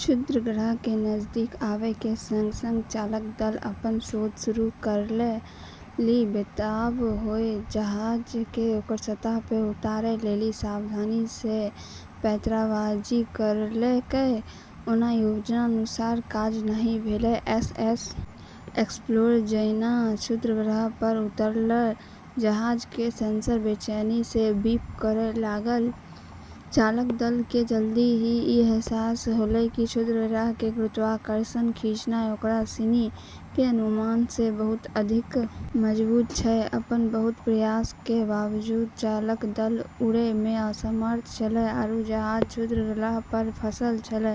क्षुद्रग्रह के नजदीक आबै के संग-संग चालक दल अपनऽ शोध शुरू करै लेली बेताब होय क जहाज क ओकरऽ सतह पे उतरै लेली सावधानी स पैंतराबाजी करलकै, ओना योजनानुसार काज नहि भेल, एसएस एक्सप्लोरर जहिना क्षुद्रग्रह पर उतरल, जहाज के सेंसर बेचैनी सं बीप करय लागल, चालक दल के जल्दी ही ई अहसास होलै कि क्षुद्रग्रह केरऽ गुरुत्वाकर्षण खींचना ओकरा सिनी के अनुमान से बहुत अधिक मजबूत छै, अपनऽ बहुत प्रयास के बावजूद चालक दल उड़ै में असमर्थ छेलै आरू जहाज क्षुद्रग्रह पर फंसलऽ छेलै,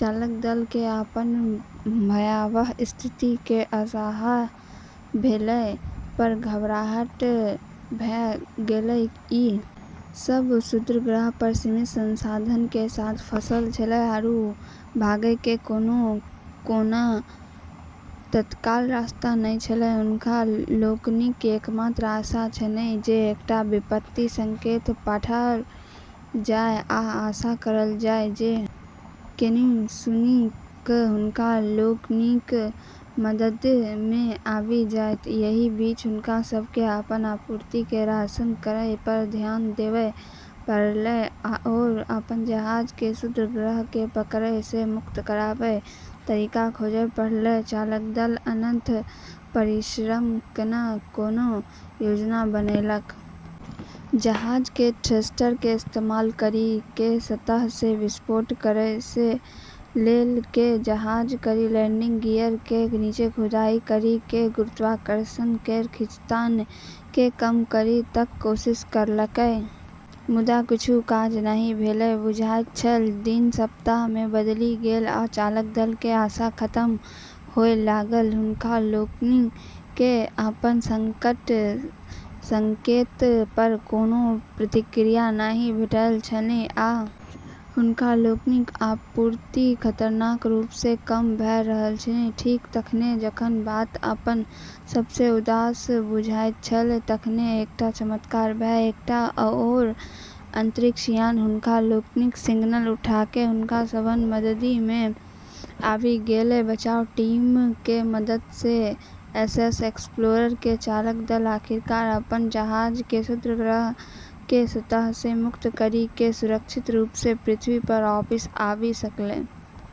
चालक दल के अपन भयावह स्थिति के अहसास भेला पर घबराहट भ गेल, ई सब क्षुद्रग्रह पर सीमित संसाधन के साथ फंसलऽ छेलै आरू भागै के कोनो तत्काल रास्ता नै छेलै, हुनका लोकनिक एकमात्र आशा छलनि जे एकटा विपत्तिक संकेत पठाओल जाय आ आशा कयल जाय जे कियो सुनि क हुनका लोकनिक मददि मे आबि जायत, एहि बीच हुनका सब के अपन आपूर्ति के राशन करय पर ध्यान देबय पड़लन्हि आओर अपन जहाज के क्षुद्रग्रह के पकड़ सं मुक्त करय के तरीका खोजय पड़लन्हि, चालक दल अथक परिश्रम कए कोनो योजना बनेलक। जहाज केरऽ थ्रस्टर के इस्तेमाल करी क सतह से विस्फोट करै सं ल के जहाज केरऽ लैंडिंग गियर के नीचें खुदाई करी कं गुरुत्वाकर्षण केरऽ खींचतान कं कम करै तक के कोशिश करलकै मुदा किछु काज नहि भेल बुझाइत छल, दिन सप्ताह मे बदलि गेल आ चालक दल के आशा खत्म होबय लागल, हुनका लोकनि केँ अपन संकट संकेत पर कोनो प्रतिक्रिया नहि भेटल छलनि आ हुनका लोकनिक आपूर्ति खतरनाक रूप सँ कम भ रहल छलनि, ठीक तखने जखन बात अपन सबसँ उदास बुझाइत छल तखने एकटा चमत्कार भेल, एकटा आओर अंतरिक्ष यान हुनका लोकनिक सिग्नल उठा क' हुनका सभक मददि मे आबि गेल, बचाव टीम के मदद से एसएस एक्सप्लोरर केरऽ चालक दल आखिरकार अपनऽ जहाज के क्षुद्रग्रह केरऽ सतह से मुक्त करी के सुरक्षित रूप से पृथ्वी प वापस आबी सकलै।